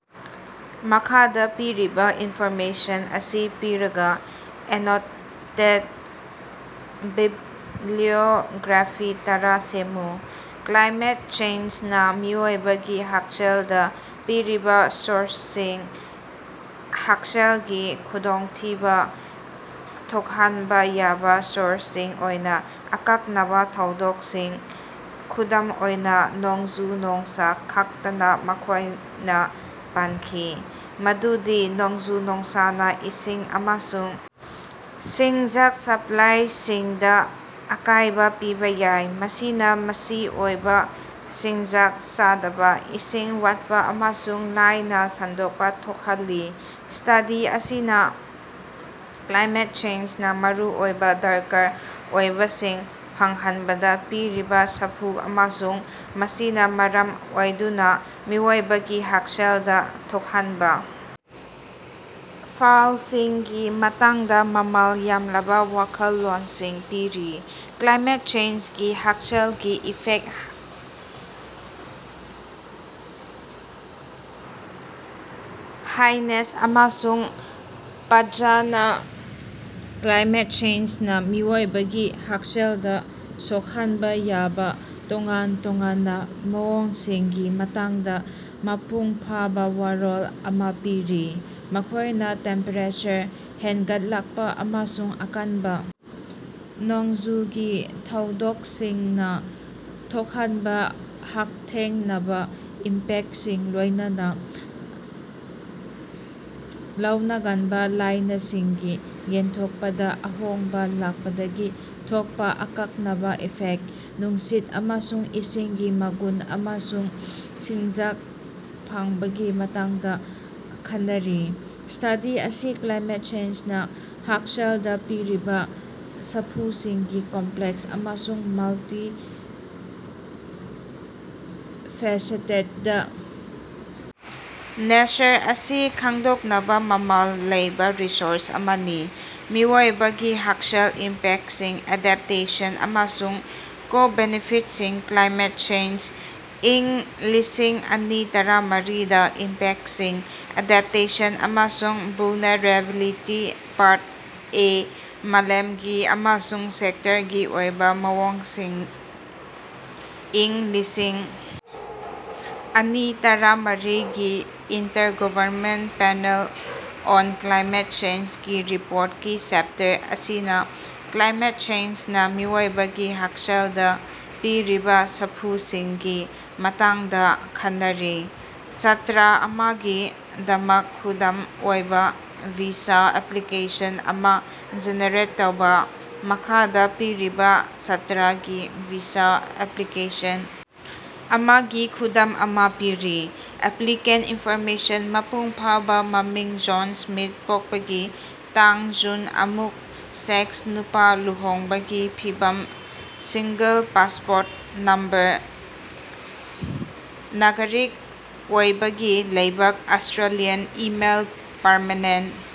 ꯃꯈꯥꯗ ꯄꯤꯔꯤꯕ ꯏꯟꯐꯣꯔꯃꯦꯁꯟ ꯑꯁꯤ ꯄꯤꯔꯒ ꯑꯦꯅꯣꯇꯦꯗ ꯕꯤꯕ꯭ꯂꯤꯑꯣꯒ꯭ꯔꯥꯐꯤ ꯇꯔꯥ ꯁꯦꯝꯃꯨ꯫ ꯀ꯭ꯂꯥꯏꯃꯦꯠ ꯆꯦꯟꯁꯅ ꯃꯤꯑꯣꯏꯕꯒꯤ ꯍꯛꯁꯦꯜꯗ ꯄꯤꯔꯤꯕ ꯁꯥꯐꯨꯁꯤꯡ꯫ ꯍꯛꯁꯦꯜꯒꯤ ꯈꯨꯗꯣꯡꯊꯤꯕ ꯊꯣꯛꯍꯟꯕ ꯌꯥꯕ ꯁꯣꯔꯁꯁꯤꯡ ꯑꯣꯏꯅ ꯑꯀꯛꯅꯕ ꯊꯧꯗꯣꯛꯁꯤꯡ, ꯈꯨꯗꯝ ꯑꯣꯏꯅ ꯅꯣꯡꯖꯨ-ꯅꯨꯡꯁꯥ ꯈꯥꯛꯇꯅ ꯃꯈꯣꯢꯅ ꯄꯟꯈꯤ ꯃꯗꯨꯗꯤ ꯅꯣꯡꯖꯨ-ꯅꯨꯡꯁꯥꯅ ꯏꯁꯤꯡ ꯑꯃꯁꯨꯡ ꯆꯤꯟꯖꯥꯛ ꯁꯞꯂꯥꯏꯁꯤꯡꯗ ꯑꯀꯥꯏꯕ ꯄꯤꯕ ꯌꯥꯏ꯫ ꯃꯁꯤꯅ ꯃꯆꯤ ꯑꯣꯏꯕ ꯆꯤꯟꯖꯥꯛ ꯆꯥꯗꯕ, ꯏꯁꯤꯡ ꯋꯥꯠꯄ ꯑꯃꯁꯨꯡ ꯂꯥꯏꯅ ꯁꯟꯗꯣꯛꯄ ꯊꯣꯛꯍꯜꯂꯤ꯫ ꯁ꯭ꯇꯗꯤ ꯑꯁꯤꯅꯥ ꯀ꯭ꯂꯥꯏꯃꯦꯠ ꯆꯦꯟꯖꯅ ꯃꯔꯨꯑꯣꯏꯕ ꯗꯔꯀꯥꯔ ꯑꯣꯏꯕꯁꯤꯡ ꯐꯪꯍꯟꯕꯗ ꯄꯤꯔꯤꯕ ꯁꯥꯐꯨ ꯑꯃꯁꯨꯡ ꯃꯁꯤꯅ ꯃꯔꯝ ꯑꯣꯏꯗꯨꯅ ꯃꯤꯑꯣꯏꯕꯒꯤ ꯍꯛꯁꯦꯜꯗ ꯊꯣꯛꯍꯟꯕ ꯐꯜꯁꯤꯡꯒꯤ ꯃꯇꯥꯡꯗ ꯃꯃꯥꯜ ꯌꯥꯝꯂꯕ ꯋꯥꯈꯜꯂꯣꯟꯁꯤꯡ ꯄꯤꯔꯤ꯫ ꯀ꯭ꯂꯥꯏꯃꯦꯠ ꯆꯦꯟꯖꯒꯤ ꯍꯛꯁꯦꯜꯒꯤ ꯏꯐꯦꯛꯇꯁꯤꯡ ꯍꯥꯏꯅꯦꯁ ꯑꯃꯁꯨꯡ ꯄꯥꯠꯖꯅꯥ ꯀ꯭ꯂꯥꯏꯃꯦꯠ ꯆꯦꯟꯖꯅ ꯃꯤꯑꯣꯏꯕꯒꯤ ꯍꯛꯁꯦꯜꯗ ꯁꯣꯛꯍꯟꯕ ꯌꯥꯕ ꯇꯣꯉꯥꯟ ꯇꯣꯉꯥꯟꯕ ꯃꯑꯣꯡꯁꯤꯡꯒꯤ ꯃꯇꯥꯡꯗ ꯃꯄꯨꯡ ꯐꯥꯕ ꯋꯥꯔꯣꯜ ꯑꯃ ꯄꯤꯔꯤ꯫ ꯃꯈꯣꯢꯅ ꯇꯦꯝꯄꯦꯔꯦꯆꯔ ꯍꯦꯟꯒꯠꯂꯛꯄ ꯑꯃꯁꯨꯡ ꯑꯀꯥꯟꯕ ꯅꯣꯡꯖꯨꯒꯤ ꯊꯧꯗꯣꯛꯁꯤꯡꯅ ꯊꯣꯛꯍꯟꯕ ꯍꯛꯊꯦꯡꯅꯕ ꯏꯝꯄꯦꯛꯇꯁꯤꯡ ꯂꯣꯏꯅꯅ ꯂꯧꯅꯒꯟꯕ ꯂꯥꯏꯅꯁꯤꯡꯒꯤ ꯌꯦꯟꯊꯣꯛꯄꯗ ꯑꯍꯣꯡꯕ ꯂꯥꯛꯄꯗꯒꯤ ꯊꯣꯛꯄ ꯑꯀꯛꯅꯕ ꯏꯐꯦꯛꯇꯁꯤꯡ, ꯅꯨꯡꯁꯤꯠ ꯑꯃꯁꯨꯡ ꯏꯁꯤꯡꯒꯤ ꯃꯒꯨꯟ, ꯑꯃꯁꯨꯡ ꯆꯤꯟꯖꯥꯛ ꯐꯪꯕꯒꯤ ꯃꯇꯥꯡꯗ ꯈꯟꯅꯔꯤ꯫ ꯁ꯭ꯇꯗꯤ ꯑꯁꯤ ꯀ꯭ꯂꯥꯏꯃꯦꯠ ꯆꯦꯟꯖꯅ ꯍꯛꯁꯦꯜꯗ ꯄꯤꯔꯤꯕ ꯁꯥꯐꯨꯁꯤꯡꯒꯤ ꯀꯝꯄꯂꯦꯛꯁ ꯑꯃꯁꯨꯡ ꯃꯜꯇꯤ-ꯐꯦꯁꯦꯇꯦꯗ ꯅꯦꯆꯔ ꯑꯁꯤ ꯈꯡꯗꯣꯛꯅꯕ ꯃꯃꯥꯜ ꯂꯩꯕ ꯔꯤꯁꯣꯔꯁ ꯑꯃꯅꯤ꯫ ꯃꯤꯑꯣꯏꯕꯒꯤ ꯍꯛꯁꯦꯜ ꯏꯝꯄꯦꯛꯁꯤꯡ, ꯑꯦꯗꯥꯞꯇꯦꯁꯟ, ꯑꯃꯁꯨꯡ ꯀꯣ-ꯕꯦꯅꯤꯐꯤꯠꯁꯤꯡ, ꯀ꯭ꯂꯥꯏꯃꯦꯠ ꯆꯦꯟꯖ ꯏꯪ ꯂꯤꯁꯤꯡ ꯑꯅꯤ ꯇꯔꯥꯃꯔꯤ ꯗꯥ ꯏꯝꯄꯦꯛꯁꯤꯡ, ꯑꯦꯗꯥꯞꯇꯦꯁꯟ, ꯑꯃꯁꯨꯡ ꯚꯜꯅꯦꯔꯦꯕꯤꯂꯤꯇꯤ ꯄꯥꯔꯠ ꯑꯦ- ꯃꯥꯂꯦꯝꯒꯤ ꯑꯃꯁꯨꯡ ꯁꯦꯛꯇꯔꯒꯤ ꯑꯣꯏꯕ ꯃꯑꯣꯡꯁꯤꯡ ꯏꯪ ꯂꯤꯁꯤꯡ ꯑꯅꯤ ꯇꯔꯥꯃꯔꯤꯒꯤ intergovernmental panel on climate change ꯒꯤ ꯔꯤꯄꯣꯔꯇꯀꯤ ꯆꯦꯞꯇꯔ ꯑꯁꯤꯅ ꯀ꯭ꯂꯥꯏꯃꯦꯠ ꯆꯦꯟꯖꯅ ꯃꯤꯑꯣꯏꯕꯒꯤ ꯍꯛꯁꯦꯜꯗ ꯄꯤꯔꯤꯕ ꯁꯥꯐꯨꯁꯤꯡꯒꯤ ꯃꯇꯥꯡꯗ ꯈꯟꯅꯔꯤ꯫ ꯁꯥꯇ꯭ꯔꯥ ꯑꯃꯒꯤꯗꯃꯛ ꯈꯨꯗꯝ ꯑꯣꯏꯕ ꯚꯤꯖꯥ ꯑꯦꯞꯄ꯭ꯂꯤꯀꯦꯁꯟ ꯑꯃ ꯖꯦꯅꯦꯔꯦꯠ ꯇꯧꯕ꯫ ꯃꯈꯥꯗ ꯄꯤꯔꯤꯕ ꯁꯥꯇ꯭ꯔꯥꯒꯤ ꯚꯤꯁꯥ ꯑꯦꯞꯄ꯭ꯂꯤꯀꯦꯁꯟ ꯑꯃꯒꯤ ꯈꯨꯗꯝ ꯑꯃ ꯄꯤꯔꯤ꯫ ꯑꯦꯞꯄ꯭ꯂꯤꯀꯥꯟ ꯏꯟꯐꯣꯔꯃꯦꯁꯟ ꯃꯄꯨꯡꯐꯥꯕ ꯃꯃꯤꯡ, ꯖꯣꯟ ꯁ꯭ꯃꯤꯊ ꯄꯣꯛꯄꯒꯤ ꯇꯥꯡ- ꯖꯨꯟ ꯑꯃ, ꯁꯦꯛꯁ- ꯅꯨꯄꯥ ꯂꯨꯍꯣꯡꯕꯒꯤ ꯐꯤꯕꯝ- ꯁꯤꯡꯒꯜ ꯄꯥꯁꯄꯣꯔꯠ ꯅꯝꯕꯔ, ꯅꯥꯒꯔꯤꯛ ꯑꯣꯏꯕꯒꯤ ꯂꯩꯕꯥꯛ, ꯑꯣꯁ꯭ꯇꯔꯦꯜꯂꯤꯌꯥꯟ ꯏꯃꯦꯏꯜ, ꯄꯔꯃꯦꯅꯦꯟꯇ꯫